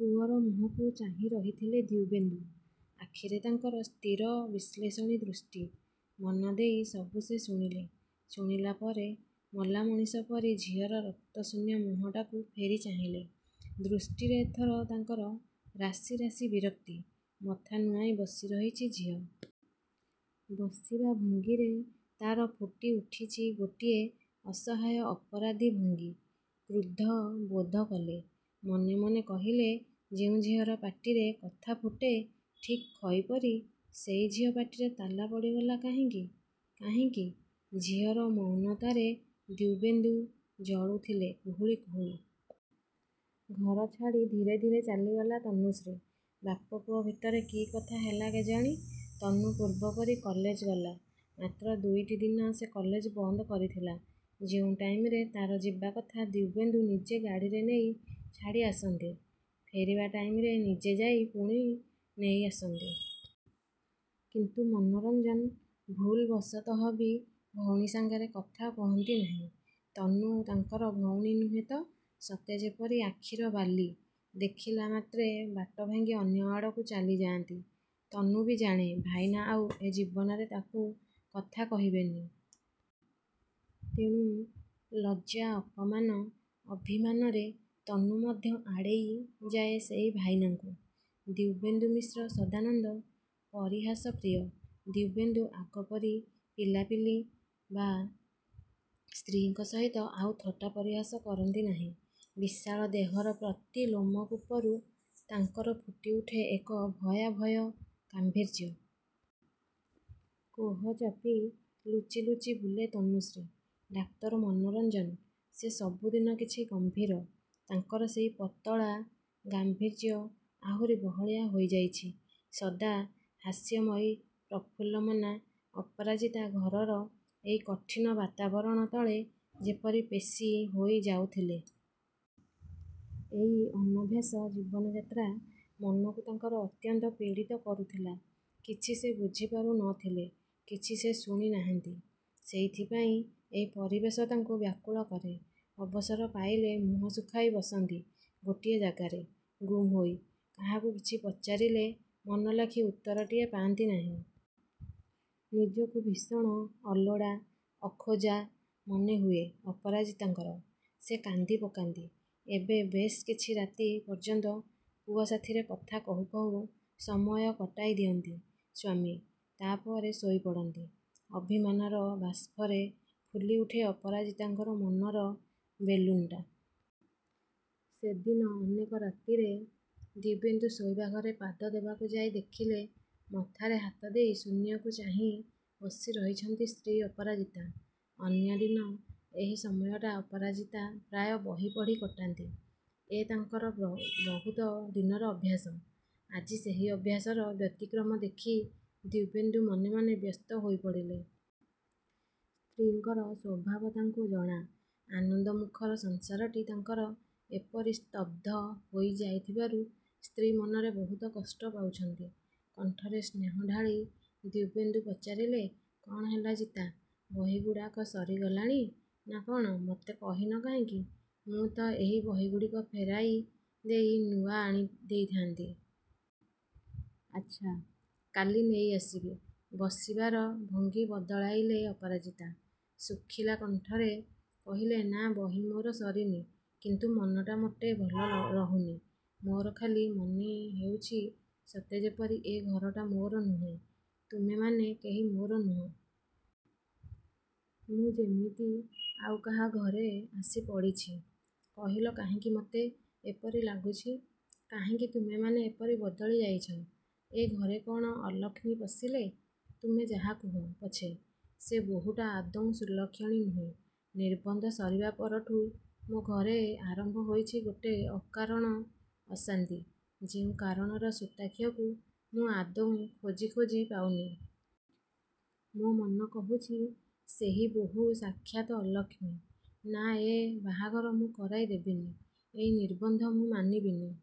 ପୁଅର ମୁହଁକୁ ଚାହିଁ ରହିଥିଲେ ଦିବ୍ୟେନ୍ଦୁ। ଆଖିରେ ତାଙ୍କର ସ୍ଥିର ବିଶ୍ଳେଷଣୀ ଦୃଷ୍ଟି। ମନଦେଇ ସବୁ ସେ ଶୁଣିଲେ। ଶୁଣିଲା ପରେ ମଲା ମଣିଷ ପରି ଝିଅର ରକ୍ତଶୂନ୍ୟ ମୁହଁଟାକୁ ଫେରି ଚାହିଁଲେ। ଦୃଷ୍ଟିରେ ଏଥର ତାଙ୍କର ରାଶି ରାଶି ବିରକ୍ତି। ମଥା ନୁଆଁଇ ବସି ରହିଛି ଝିଅ। ବସିବା ଭଙ୍ଗୀରେ ତା'ର ଫୁଟି ଉଠିଛି ଗୋଟିଏ ଅସହାୟ ଅପରାଧୀ ଭଙ୍ଗୀ। କୃଦ୍ଧ ବୋଧ କଲେ। ମନେ ମନେ କହିଲେ ଯେଉଁ ଝିଅର ପାଟିରେ କଥା ଫୁଟେ ଠିକ୍ ଖଇ ପରି, ସେଇ ଝିଅ ପାଟିରେ ତାଲା ପଡ଼ିଗଲା କାହିଁକି! କାହିଁକି! ଝିଅର ମୌନତାରେ ଦିବ୍ୟେନ୍ଦୁ ଜଳୁଥିଲେ କୁହୁଳି କୁହୁଳି। ଘର ଛାଡ଼ି ଧୀରେ ଧୀରେ ଚାଲିଗଲା ତନୁଶ୍ରୀ। ବାପ ପୁଅ ଭିତରେ କି କଥା ହେଲା କେଜାଣି, ତନୁ ପୂର୍ବପରି କଲେଜ ଗଲା। ମାତ୍ର ଦୁଇଟି ଦିନ ସେ କଲେଜ ବନ୍ଦ କରିଥିଲା। ଯେଉଁ ଟାଇମ୍‌ରେ ତା'ର ଯିବା କଥା ଦିବ୍ୟେନ୍ଦୁ ନିଜେ ଗାଡ଼ିରେ ନେଇ ଛାଡ଼ି ଆସନ୍ତି, ଫେରିବା ଟାଇମ୍‌ରେ ନିଜେ ଯାଇ ପୁଣି ନେଇ ଆସନ୍ତି। କିନ୍ତୁ ମନୋରଞ୍ଜନ, ଭୁଲବଶତଃ ବି ଭଉଣୀ ସାଙ୍ଗରେ କଥା କୁହନ୍ତି ନାହିଁ। ତନୁ ତାଙ୍କର ଭଉଣୀ ନୁହେଁ ତ ସତେଯେପରି ଆଖିର ବାଲି। ଦେଖିଲା ମାତ୍ରେ ବାଟ ଭାଙ୍ଗି ଅନ୍ୟ ଆଡ଼କୁ ଚାଲି ଯାଆନ୍ତି। ତନୁ ବି ଜାଣେ, ଭାଇନା ଆଉ ଏ ଜୀବନରେ ତାକୁ କଥା କହିବେନି। ତେଣୁ ଲଜ୍ଜା, ଅପମାନ, ଅଭିମାନରେ ତନୁ ମଧ୍ୟ ଆଡ଼େଇ ଯାଏ ସେଇ ଭାଇନାଙ୍କୁ। ଦିବ୍ୟେନ୍ଦୁ ମିଶ୍ର ସଦାନନ୍ଦ, ପରିହାସପ୍ରିୟ ଦିବ୍ୟେନ୍ଦୁ ଆଗପରି ପିଲାପିଲି ବା ସ୍ତ୍ରୀଙ୍କ ସହିତ ଆଉ ଥଟ୍ଟା ପରିହାସ କରନ୍ତି ନାହିଁ। ବିଶାଳ ଦେହର ପ୍ରତି ଲୋମକୂପରୁ ତାଙ୍କର ଫୁଟି ଉଠେ ଏକ ଭୟାଭୟ ଗାମ୍ଭୀର୍ଯ୍ୟ। କୋହ ଚାପି ଲୁଚି ଲୁଚି ବୁଲେ ତନୁଶ୍ରୀ। ଡାକ୍ତର ମନୋରଞ୍ଜନ, ସେ ସବୁଦିନ କିଛି ଗମ୍ଭୀର। ତାଙ୍କର ସେଇ ପତଳା ଗାମ୍ଭୀର୍ଯ୍ୟ ଆହୁରି ବହଳିଆ ହୋଇ ଯାଇଛି। ସଦା ହାସ୍ୟମୟୀ, ପ୍ରଫୁଲ୍ଲମନା ଅପରାଜିତା ଘରର ଏଇ କଠିନ ବାତାବରଣ ତଳେ ଯେପରି ପେଷି ହୋଇ ଯାଉଥିଲେ। ଏଇ ଅନଭ୍ୟାସ ଜୀବନଯାତ୍ରା ମନକୁ ତାଙ୍କର ଅତ୍ୟନ୍ତ ପୀଡ଼ିତ କରୁଥିଲା। କିଛି ସେ ବୁଝି ପାରୁ ନଥିଲେ। କିଛି ସେ ଶୁଣି ନାହାନ୍ତି। ସେଇଥିପାଇଁ ଏଇ ପରିବେଶ ତାଙ୍କୁ ବ୍ୟାକୁଳ କରେ। ଅବସର ପାଇଲେ ମୁହଁ ଶୁଖାଇ ବସନ୍ତି ଗୋଟିଏ ଜାଗାରେ ଗୁମ୍ ହୋଇ। କାହାକୁ କିଛି ପଚାରିଲେ ମନଲାଖି ଉତ୍ତରଟିଏ ପାଆନ୍ତି ନାହିଁ। ନିଜକୁ ଭୀଷଣ ଅଲୋଡ଼ା, ଅଖୋଜା ମନେ ହୁଏ ଅପରାଜିତାଙ୍କର। ସେ କାନ୍ଦି ପକାନ୍ତି। ଏବେ ବେଶ୍ କିଛି ରାତି ପର୍ଯ୍ୟନ୍ତ ପୁଅ ସାଥିରେ କଥା କହୁ କହୁ ସମୟ କଟାଇ ଦିଅନ୍ତି ସ୍ୱାମୀ। ତା' ପରେ ଶୋଇ ପଡ଼ନ୍ତି। ଅଭିମାନର ବାଷ୍ପରେ ଫୁଲି ଉଠେ ଅପରାଜିତାଙ୍କର ମନର ବେଲୁନ୍‌ଟା। ସେଦିନ ଅନେକ ରାତିରେ ଦିବ୍ୟେନ୍ଦୁ ଶୋଇବା ଘରେ ପାଦ ଦେବାକୁ ଯାଇ ଦେଖିଲେ ମଥାରେ ହାତ ଦେଇ ଶୂନ୍ୟକୁ ଚାହିଁ ବସି ରହିଛନ୍ତି ସ୍ତ୍ରୀ ଅପରାଜିତା। ଅନ୍ୟଦିନ ଏହି ସମୟଟା ଅପରାଜିତା ପ୍ରାୟ ବହି ପଢ଼ି କଟାନ୍ତି। ଏ ତାଙ୍କର ବହୁତ ଦିନର ଅଭ୍ୟାସ। ଆଜି ସେହି ଅଭ୍ୟାସର ବ୍ୟତିକ୍ରମ ଦେଖି ଦିବ୍ୟେନ୍ଦୁ ମନେ ମନେ ବ୍ୟସ୍ତ ହୋଇ ପଡ଼ିଲେ। ସ୍ତ୍ରୀଙ୍କର ସ୍ୱଭାବ ତାଙ୍କୁ ଜଣା। ଆନନ୍ଦମୁଖର ସଂସାରଟି ତାଙ୍କର ଏପରି ସ୍ତବ୍ଧ ହୋଇ ଯାଇଥିବାରୁ ସ୍ତ୍ରୀ ମନରେ ବହୁତ କଷ୍ଟ ପାଉଛନ୍ତି। କଣ୍ଠରେ ସ୍ନେହ ଢାଳି ଦିବ୍ୟେନ୍ଦୁ ପଚାରିଲେ କ'ଣ ହେଲା ଜିତା? ବହିଗୁଡ଼ାକ ସରିଗଲାଣି ନା କ'ଣ? ମତେ କହିନ କାହିଁକି? ମୁଁ ତ ଏହି ବହିଗୁଡ଼ିକ ଫେରାଇ ଦେଇ ନୂଆ ଆଣି ଦେଇଥାଆନ୍ତି। ଆଚ୍ଛା, କାଲି ନେଇ ଆସିବି। ବସିବାର ଭଙ୍ଗୀ ବଦଳାଇଲେ ଅପରାଜିତା। ଶୁଖିଲା କଣ୍ଠରେ କହିଲେ ନା ବହି ମୋର ସରିନି, କିନ୍ତୁ ମନଟା ମୋଟେ ଭଲ ରହୁନି। ମୋର ଖାଲି ମନେ ହେଉଛି ସତେଯେପରି ଏ ଘରଟା ମୋର ନୁହେଁ, ତୁମେମାନେ କେହି ମୋର ନୁହଁ। ମୁଁ ଯେମିତି ଆଉ କାହା ଘରେ ଆସି ପଡ଼ିଛି। କହିଲ କାହିଁକି ମତେ ଏପରି ଲାଗୁଛି? କାହିଁକି ତୁମେମାନେ ଏପରି ବଦଳି ଯାଇଛ? ଏ ଘରେ କ'ଣ ଅଲକ୍ଷ୍ମୀ ପଶିଲେ? ତୁମେ ଯାହା କୁହ ପଛେ ସେ ବୋହୂଟା ଆଦୌ ସୁଲକ୍ଷଣୀ ନୁହେଁ। ନିର୍ବନ୍ଧ ସରିବା ପରଠୁ ମୋ ଘରେ ଆରମ୍ଭ ହୋଇଛି ଗୋଟେ ଅକାରଣ ଅଶାନ୍ତି ଯେଉଁ କାରଣର ସୂତାଖିଅକୁ ମୁଁ ଆଦୌ ଖୋଜି ଖୋଜି ପାଉନି। ମୋ ମନ କହୁଛି ସେହି ବୋହୂ ସାକ୍ଷାତ ଅଲକ୍ଷ୍ମୀ। ନା ଏ ବାହାଘର ମୁଁ କରାଇ ଦେବିନି। ଏଇ ନିର୍ବନ୍ଧ ମୁଁ ମାନିବିନି।